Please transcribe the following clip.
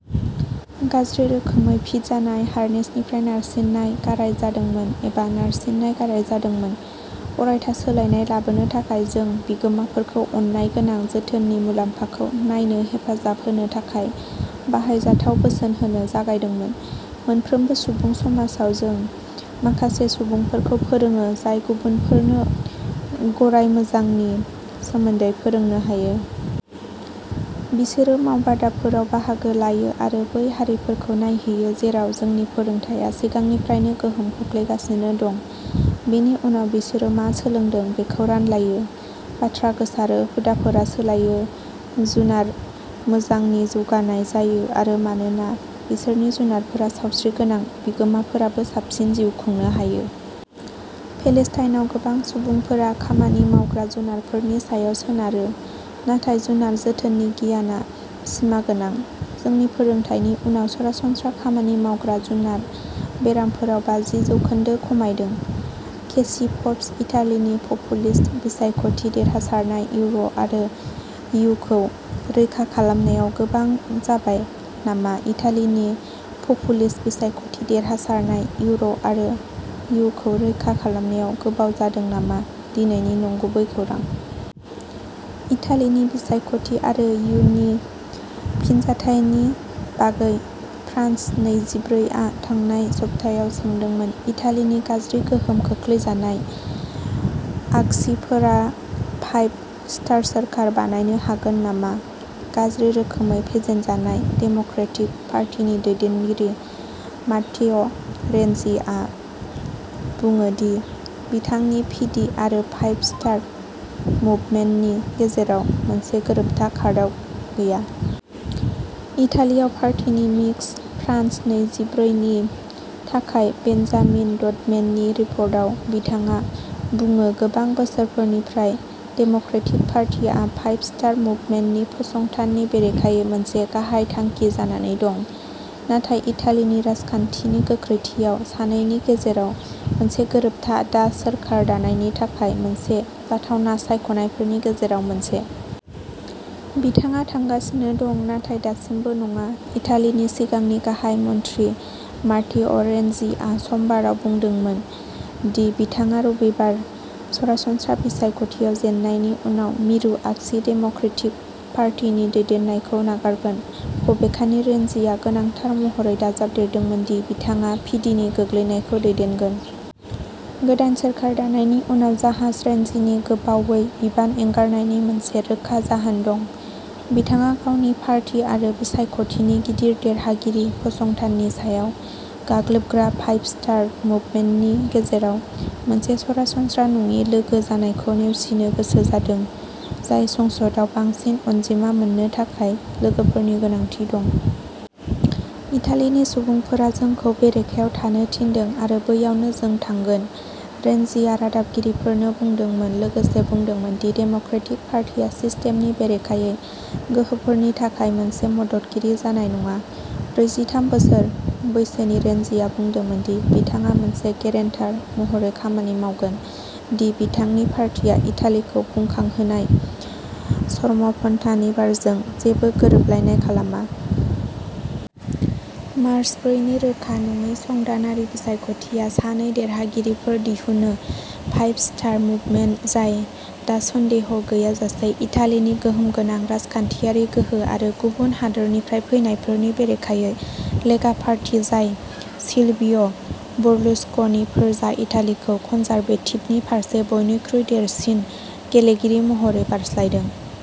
गाज्रि रोखोमै फिट जानाय हार्नेसनिफ्राय नारसिननाय गाराय जादोंमोन एबा नारसिननाय गाराय जादोंमोन। अरायथा सोलायनाय लाबोनो थाखाय जों बिगोमाफोरखौ अननाय गोनां जोथोननि मुलाम्फाखौ नायनो हेफाजाब होनो थाखाय बाहायजाथाव बोसोन होनो जागायदोंमोन। मोनफ्रोमबो सुबुं समाजाव जों माखासे सुबुंफोरखौ फोरोंङो जाय गुबुनफोरनो गराय मोजांनि सोमोन्दै फोरोंनो हायो। बिसोरो मावबादाफोराव बाहागो लायो आरो बै हारिफोरखौ नायहैयो जेराव जोंनि फोरोंथाया सिगांनिफ्रायनो गोहोम खोख्लैगासिनो दं। बेनि उनाव बिसोरो मा सोलोंदों बेखौ रानलायो। बाथ्रा गोसारो हुदाफोरा सोलायो। जुनार मोजांनि जौगानाय जायो आरो मानोना बिसोरनि जुनारफोरा सावस्रिगोनां बिगोमाफोराबो साबसिन जिउ खुंनो हायो। पेलेस्टाइनआव गोबां सुबुंफोरा खामानि मावग्रा जुनारफोरनि सायाव सोनारो नाथाय जुनार जोथोननि गियानआ सिमागोनां। जोंनि फोरोंथायनि उनाव सरासनस्रा खामानि मावग्रा जुनार बेरामफोराव बाजि जौखोन्दो खमायदों। केसि पप्स इटालिनि पपुलिस्ट बिसायख'थि देरहासारनाय इउर' आरो इयुखौ रैखा खालामनायाव गोबाव जाबाय नामा इटालिनि पपुलिस्ट बिसायख'थि देरहासारनाय इउर'आरो इयुखौ रैखा खालामनायाव गोबाव जादों नामा दिनैनि नंगुबै खौरां। इटालीनि बिसायख'थि आरो इयुनि फिनजाथायनि बागै फ्रान्स नैजिब्रै आ थांनाय सप्तायाव सोंदोंमोन इटालीनि गाज्रि गोहोम खोख्लैजानाय आगसिफोरा'फाइभ स्टार'सोरखार बानायनो हागोन नामा गाज्रि रोखोमै फेजेनजानाय डेम'क्रेटिक पार्टिनि दैदेनगिरि मात्तेअ रेनजीआ बुङो दि बिथांनि पिडि आरो फाइभ स्टार मुभमेन्टनि गेजेराव मोनसे गोरोबथा कार्डआव गैया। इटालीयाव पार्टिनि मिक्स। फ्रान्स नैजिब्रै नि थाखाय बेन्जामिन डडमेननि रिपर्टाव बिथाङा बुङो गोबां बोसोरफोरनिफ्राय डेम'क्रेटिक पार्टिआ फाइभ स्टार मुभमेन्टनि फसंथाननि बेरेखायै मोनसे गाहाय थांखि जानानै दं। नाथाय इटालीनि राजखान्थिनि गोख्रैथिआव सानैनि गेजेराव मोनसे गोरोबथा दा सोरखार दानायनि थाखाय माखासे जाथावना सायख'नायफोरनि गेजेराव मोनसे। बिथाङा थांगासिनो दं नाथाय दासिमबो नङा। इटालीनि सिगांनि गाहाय मन्थ्रि मात्तेअ रेनजीआ समबारआव बुंदोंमोन दि बिथाङा रबिबार सरासनस्रा बिसायख'थियाव जेननायनि उनाव मिरु आगसि डेम'क्रेटिक पार्टी नि दैदेननायखौ नागारगोन। बबेखानि रेनजीआ गोनांथार महरै दाजाबदेरदोंमोन दि बिथाङा पिडिनि गोग्लैनायखौ दैदेनगोन। गोदान सोरखार दानायनि उनाव जाहाज रेनजिनि गोबावै बिबान एंगारनायनि मोनसे रोखा जाहोन दं। बिथाङा गावनि पार्टी आरो बिसायख'थिनि गिदिर देरहागिरि फसंथाननि सायाव गाग्लोबग्रा फाइभ स्टार मुभमेन्टनि गेजेराव मोनसे सरासनस्रा नङि लोगो जानायखौ नेवसिनो गोसो जादों जाय संसदआव बांसिन अनजिमा मोननो थाखाय लोगोफोरनि गोनांथि दं। इटालिनि सुबुंफोरा जोंखौ बेरेखायाव थानो थिनदों आरो बैयावनो जों थांगोन रेनजिया रादाबगिरिफोरनो बुंदोंमोन लोगोसे बुंदोंमोन दि डेम'क्रेटिक पार्टीआ सिस्टेमनि बेरेखायै गोहोफोरनि थाखाय मोनसे मददगिरि जानाय नङा। ब्रैजिथाम बोसोर बैसोनि रेनजिया बुंदोंमोन दि बिथाङा मोनसे गेरेन्टार महरै खामानि मावगोन दि बिथांनि पार्टीया इटालिखौ बुखांहोनाय चरमपन्थानि बारजों जेबो गोरोबलायनाय खालामा। मार्च ब्रै नि रोखा नङै संसदारि बिसायख'थिया सानै देरहागिरिफोर दिहुनो फाइभ स्टार मुभमेन्ट जाय दा सन्देह गैयाजासे इटालिनि गोहोम गोनां राजखान्थियारि गोहो आरो गुबुन हादोरनिफ्राय फैनायफोरनि बेरेखायै लेगा पार्टी जाय सिलभिय बर्लुस्क'नि फोरजा इटालिखौ कन्जारभेटिभनि फारसे बयनिख्रुइ देरसिन गेलेगिरि महरै बारस्लायदों।